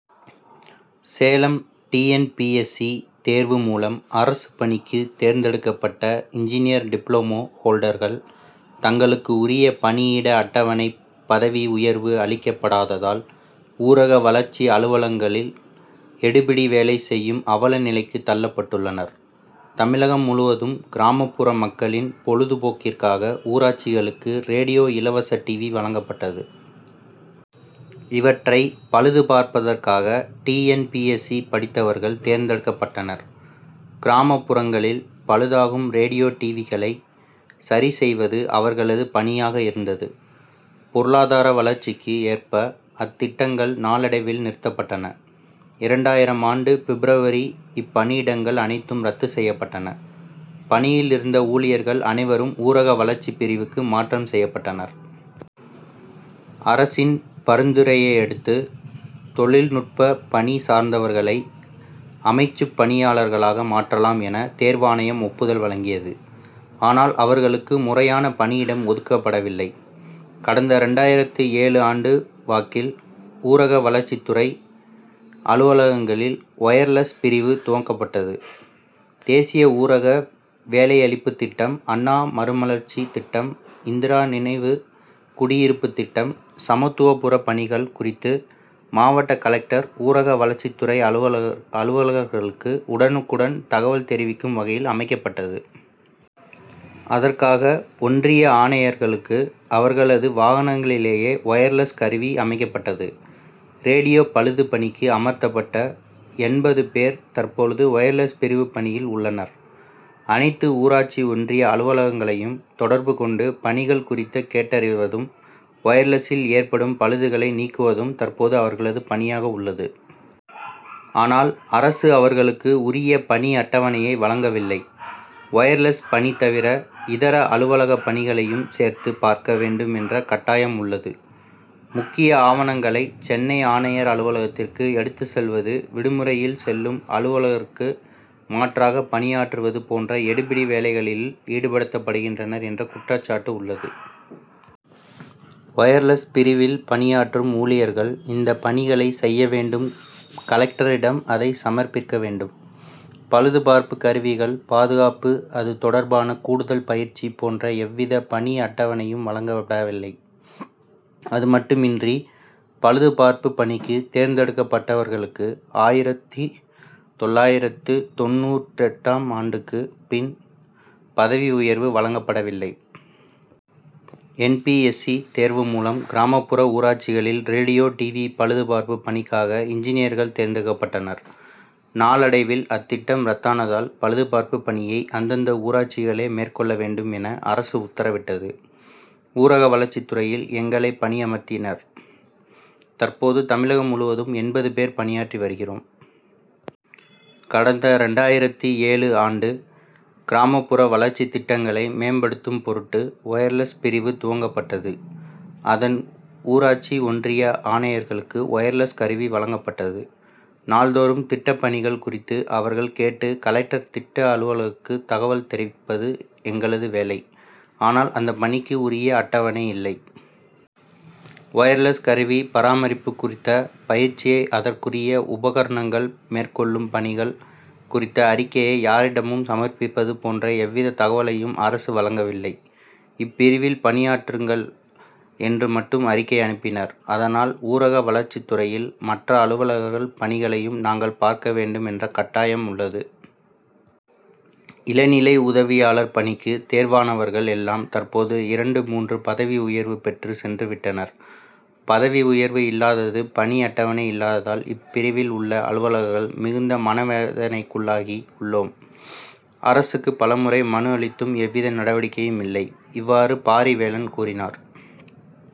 Salem T. N. P. S. C. தேர்வு மூலம் அரசுப் பணிக்கு தேர்ந்தெடுக்கப்பட்ட இன்ஜினியர் டிப்ளமோ ஹோல்டர்கள் தங்களுக்கு உரிய பணியிட அட்டவணை பதவி உயர்வு அளிக்கப்படாததால் ஊரக வளர்ச்சி அலுவலகங்களில் எடுபிடி வேலை செய்யும் அவல நிலைக்கு தள்ளப்பட்டுள்ளனர். தமிழகம் முழுவதும் கிராமப்புற மக்களின் பொழுது போக்கிற்காக ஊராட்சிகளுக்கு ரேடியோ இலவச டிவி வழங்கப்பட்டது. இவற்றை பழுது பார்ப்பதற்காக T. N. P. S. C. படித்தவர்கள் தேர்ந்தெடுக்கப்பட்டனர். கிராமப்புறங்களில் பழுதாகும் ரேடியோ டிவிகளை சரிசெய்வது அவர்களது பணியாக இருந்தது. பொருளாதார வளர்ச்சிக்கு ஏற்ப அத்திட்டங்கள் நாளடைவில் நிறுத்தப்பட்டன. இரண்டாயிரம் ஆண்டு பிப்ரவரியில் இப்பணியிடங்கள் அனைத்தும் ரத்து செய்யப்பட்டன. பணியில் இருந்த ஊழியர்கள் அனைவரும் ஊரக வளர்ச்சிப் பிரிவுக்கு மாற்றம் செய்யப்பட்டனர். அரசின் பரிந்துரையையடுத்து தொழில்நுட்ப பணி சார்ந்தவர்களை அமைச்சுப் பணியாளர்களாக மாற்றலாம் என தேர்வாணையம் ஒப்புதல் வழங்கியது. ஆனால் அவர்களுக்கு முறையான பணியிடம் ஒதுக்கப்படவில்லை. கடந்த இரண்டாயிரத்து ஏழு ஆண்டு வாக்கில் ஊரக வளர்ச்சித்துறை அலுவலகங்களில் ஒயர்லெஸ் பிரிவு துவங்கப்பட்டது. தேசிய ஊரக வேலையளிப்புத் திட்டம் அண்ணா மறுமலர்ச்சி திட்டம் இந்திரா நினைவு குடியிருப்பு திட்டம் சமத்துவபுரப் பணிகள் குறித்து மாவட்ட கலெக்டர் ஊரக வளர்ச்சித்துறை அலுவலர்களுக்கு உடனுக்குடன் தகவல் தெரிவிக்கும் வகையில் அமைக்கப்பட்டது. அதற்காக ஒன்றிய ஆணையர்களுக்கு அவர்களது வாகனங்களிலேயே ஒயர்லெஸ் கருவி அமைக்கப்பட்டது. ரேடியோ பழுது பணிக்கு அமர்த்தப்பட்ட எண்பது பேர் தற்போது ஒயர்லெஸ் பிரிவு பணியில் உள்ளனர். அனைத்து ஊராட்சி ஒன்றிய அலுவலகங்களையும் தொடர்பு கொண்டு பணிகள் குறித்து கேட்டறிவதும் ஒயர்லெசில் ஏற்படும் பழுதுகளை நீக்குவதும் தற்போது அவர்களது பணியாக உள்ளது. ஆனால் அரசு அவர்களுக்கு உரிய பணி அட்டவணையை வழங்கவில்லை. ஒயர்லெஸ் பணி தவிர இதர அலுவலக பணிகளையும் சேர்த்து பார்க்க வேண்டும் என்ற கட்டாயம் உள்ளது. முக்கிய ஆவணங்களை சென்னை ஆணையர் அலுவலகத்துக்கு எடுத்து செல்வது விடுமுறையில் செல்லும் அலுவலருக்கு மாற்றாக பணியாற்றுவது போன்ற எடுபிடி வேலைகளிலும் ஈடுபடுத்தப்படுகின்றனர் என்ற குற்றச்சாட்டு உள்ளது. ஒயர்லெஸ் பிரிவில் பணியாற்றும் ஊழியர்கள் இந்த பணிகளை செய்ய வேண்டும் கலெக்டரிடம் அதை சமர்ப்பிக்க வேண்டும் பழுது பார்ப்பு கருவிகள் பாதுகாப்பு அது தொடர்பான கூடுதல் பயிற்சி போன்ற எவ்வித பணி அட்டவணையும் வழங்கப்படவில்லை. அது மட்டுமின்றி பழுது பார்ப்பு பணிக்கு தேர்ந்தெடுக்கப்பட்டவர்களுக்கு ஆயிரத்து தொள்ளாயிரத்து தொண்ணூற்றெட்டாம் ஆண்டுக்கு பின் பதவி உயர்வு வழங்கப்படவில்லை. என். பி. எஸ். சி. தேர்வு மூலம் கிராமப்புற ஊராட்சிகளில் ரேடியோ டிவி பழுதுபார்ப்பு பணிக்காக இன்ஜினியர்கள் தேர்ந்தெடுக்கப்பட்டனர். நாளடைவில் அத்திட்டம் ரத்தானதால் பழுது பார்ப்பு பணியை அந்தந்த ஊராட்சிகளே மேற்கொள்ள வேண்டும் என அரசு உத்தரவிட்டது. ஊரக வளர்ச்சித்துறையில் எங்களை பணியமர்த்தினர். தற்போது தமிழகம் முழுவதும் எண்பது பேர் பணியாற்றி வருகிறோம். கடந்த இரண்டாயிரத்து ஏழு ஆண்டு கிராமப்புற வளர்ச்சித் திட்டங்களை மேம்படுத்தும் பொருட்டு ஒயர்லெஸ் பிரிவு துவங்கப்பட்டது. அதன்படி ஊராட்சி ஒன்றிய ஆணையர்களுக்கு ஒயர்லெஸ் கருவி வழங்கப்பட்டது. நாள்தோறும் திட்டப்பணிகள் குறித்து அவர்களிடம் கேட்டு கலெக்டர் திட்ட அலுவலருக்கு தகவல் தெரிவிப்பது எங்களது வேலை. ஆனால் அந்த பணிக்கு உரிய அட்டவணை இல்லை. ஒயர்லெஸ் கருவி பராமரிப்பு குறித்த பயிற்சி அதற்குரிய உபகரணங்கள் மேற்கொள்ளும் பணிகள் குறித்த அறிக்கையை யாரிடம் சமர்ப்பிப்பது போன்ற எவ்வித தகவலையும் அரசு வழங்கவில்லை. இப்பிரிவில் பணியாற்றுங்கள் என்று மட்டும் அறிக்கை அனுப்பினர். அதனால் ஊரக வளர்ச்சித் துறையில் மற்ற அலுவலர்கள் பணிகளையும் நாங்கள் பார்க்க வேண்டும் என்ற கட்டாயம் உள்ளது. இளநிலை உதவியாளர் பணிக்கு தேர்வானவர்கள் எல்லாம் தற்போது இரண்டு மூன்று பதவி உயர்வு பெற்று சென்று விட்டனர். பதவி உயர்வு இல்லாதது பணி அட்டவணை இல்லாததால் இப்பிரிவில் உள்ள அலுவலர்கள் மிகுந்த மனவேதனைக்குள்ளாகி உள்ளோம். அரசுக்கு பலமுறை மனு அளித்தும் எவ்வித நடவடிக்கையும் இல்லை. இவ்வாறு பாரிவேலன் கூறினார்.